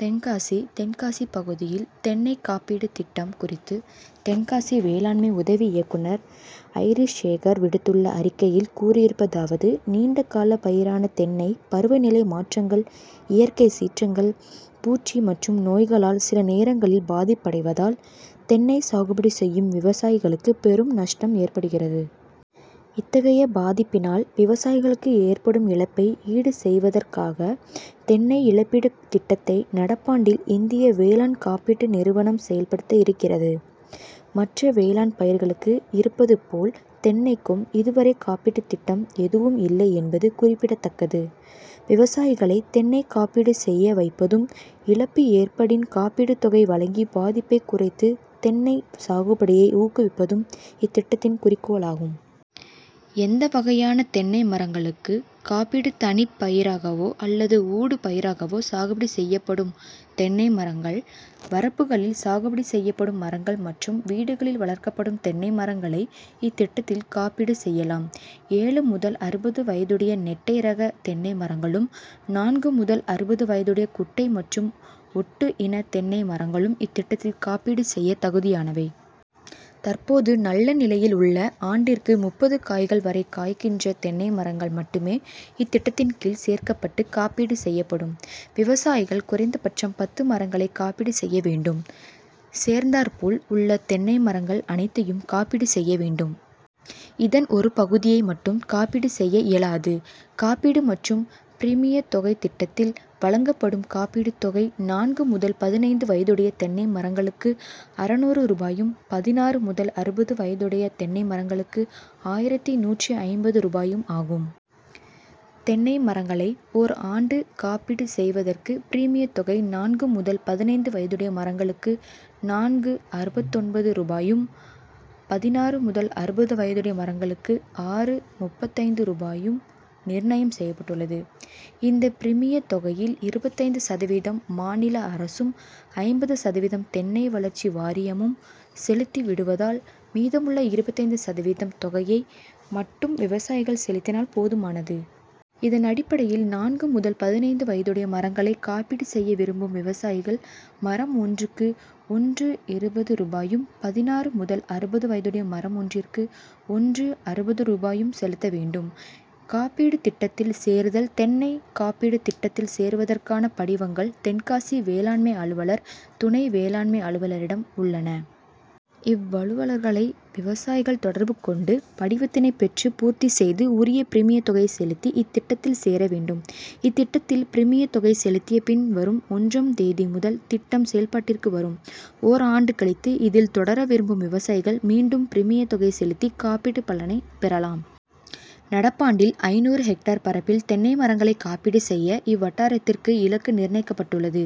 தென்காசி தென்காசி பகுதியில் தென்னை காப்பீடு திட்டம் குறித்து தென்காசி வேளாண்மை உதவி இயக்குநர் ஐரிஷ்சேகர் விடுத்துள்ள அறிக்கையில் கூறியிருப்பதாவது நீண்ட கால பயிரான தென்னை பருவ நிலை மாற்றங்கள், இயற்கை சீற்றங்கள், பூச்சி மற்றும் நோய்களால் சில நேரங்களில் பாதிப்படைவதால் தென்னை சாகுபடி செய்யும் விவசாயிகளுக்கு பெரும் நஷ்டம் ஏற்படுகிறது. இத்தகைய பாதிப்பினால் விவசாயிகளுக்கு ஏற்படும் இழப்பை ஈடு செய்வதற்காக தென்னை இழப்பீடு திட்டத்தை நடப்பாண்டில் இந்திய வேளாண் காப்பீடு நிறுவனம் செயல்படுத்த இருக்கிறது. மற்ற வேளாண் பயிர்களுக்கு இருப்பது போல் தென்னைக்கு இதுவரை காப்பீடு திட்டம் எதுவும் இல்லை என்பது குறிப்பிடத்தக்கது. விவசாயிகளை தென்னை காப்பீடு செய்ய வைப்பதும், இழப்பு ஏற்படின் காப்பீடு தொகை வழங்கி பாதிப்பை குறைத்து தென்னை சாகுபடியை ஊக்குவிப்பதும் இத்திட்டத்தின் குறிக்கோளாகும். எந்த வகையான தென்னை மரங்களுக்கு காப்பீடுதனிப்பயிராகவோ அல்லது ஊடு பயிராகவோ சாகுபடி செய்யப்படும் தென்னை மரங்கள், வரப்புகளில் சாகுபடி செய்யப்படும் மரங்கள் மற்றும் வீடுகளில் வளர்க்கப்படும் தென்னை மரங்களை இத்திட்டத்தில் காப்பீடு செய்யலாம். ஏழு முதல் அறுபது வயதுடைய நெட்டை ரக தென்னை மரங்களும், நான்கு முதல் அறுபது வயதுடைய குட்டை மற்றும் ஒட்டு இன தென்னை மரங்களும் இத்திட்டத்தில் காப்பீடு செய்ய தகுதியானவை. தற்போது நல்ல நிலையில் உள்ள ஆண்டிற்கு முப்பது காய்கள் வரை காய்க்கின்ற தென்னை மரங்கள் மட்டுமே இத்திட்டத்தின் கீழ் சேர்க்க்கப்பட்டு காப்பீடு செய்யப்படும். விவசாயிகள் குறைந்த பட்சம் பத்து மரங்களை காப்பீடு செய்ய வேண்டும். சேர்ந்தாற்போல் உள்ள தென்னை மரங்கள் அனைத்தையும் காப்பீடு செய்ய வேண்டும். இதன் ஒரு பகுதியை மட்டும் காப்பீடு செய்ய இயலாது. காப்பீடு மற்றும் பிரிமிய தொகைஇ திட்டத்தில் வழங்கப்படும் காப்பீடு தொகை நான்கு முதல் பதினைந்து வயதுடைய தென்னை மரங்களுக்கு அறுநூறு ரூபாயும், பதினாறு முதல் அறுபது வயதுடைய தென்னை மரங்களுக்கு ஆயிரத்து நூற்று ஐம்பது ரூபாயும் ஆகும். தென்னை மரங்களை ஓர் ஆண்டு காப்பீடு செய்வதற்கு பிரிமிய தொகை நான்கு முதல் பதினைந்து வயதுடைய மரங்களுக்கு நான்கு.அறுபத்தொன்பது ரூபாயும், பதினாறு முதல் அறுபது வயதுடைய மரங்களுக்கு ஆறு.முப்பத்தைந்து ரூபாயும் நிர்ணயம் செய்யப்பட்டுள்ளது. இந்த பிரிமிய தொகையில் இருபத்தைந்து சதவீதம் மாநில அரசும், ஐம்பது சதவீதம் தென்னை வளர்ச்சி வாரியமும் செலுத்தி விடுவதால் மீதமுள்ள இருபத்தைந்து சதவீதம் தொகையை மட்டும் விவசாயிகள் செலுத்தினால் போதுமானது. இதனடிப்படையில் நான்கு முதல் பதினைந்து வயதுடைய மரங்களை காப்பீடு செய்ய விரும்பும் விவசாயிகள் மரம் ஒன்றிக்கு ஒன்று.இருபது ரூபாயும், பதினாறு முதல் அறுபது வயதுடைய மரம் ஒன்றிற்கு ஒன்று.அறுபது ரூபாயும் செலுத்த வேண்டும். காப்பீடு திட்டத்தில் சேருதல்தென்னை காப்பீடு திட்டத்தில் சேருவதற்கான படிவங்கள் தென்காசி வேளாண்மை அலுவலர், துணை வேளாண்மை அலுவலரிடம் உள்ளன. இவ்வலுவலர்களை விவசாயிகள் தொடர்பு கொண்டு படிவத்தினை பெற்று பூர்த்தி செய்து உரிய பிரிமிய தொகையை செலுத்தி இத்திட்டத்தில் சேர வேண்டும். இத்திட்டத்தில் பிரிமிய தொகை செலுத்திய பின் வரும் ஒன்று ம் தேதி முதல் திட்டம் செயல்பாட்டிற்கு வரும். ஓர் ஆண்டு கழித்து இதில் தொடர விரும்பும் விவசாயிகள் மீண்டும் பிரிமிய தொகை செலுத்தி காப்பீடு பலனை பெறலாம். நடப்பாண்டில் ஐந்நூறு ஹெக்டேர் பரப்பில் தென்னை மரங்களை காப்பீடு செய்ய இவ்வட்டாரத்திற்கு இலக்கு நிர்ணயிக்கப்பட்டுள்ளது.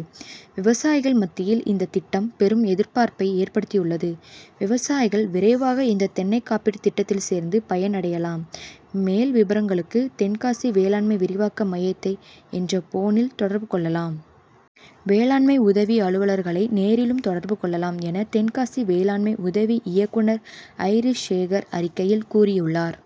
விவசாயிகள் மத்தியில் இந்த திட்டம் பெரும் எதிர்பார்ப்பை ஏற்படுத்தியுள்ளது. விவசாயிகள் விரைவாக இந்த தென்னை காப்பீடு திட்டத்தில் சேர்ந்து பயனடையலாம். மேல் விபரங்களுக்கு தென்காசி வேளாண்மை விரிவாக்க மையத்தை என்ற போனில் தொடர்பு கொள்ளலாம். வேளாண்மை உதவி அலுவலர்களை நேரிலும் தொடர்பு கொள்ளலாம் என தென்காசி வேளாண்மை உதவி இயக்குநர் ஐரிஷ்சேகர் அறிக்கையில் கூறியுள்ளார்.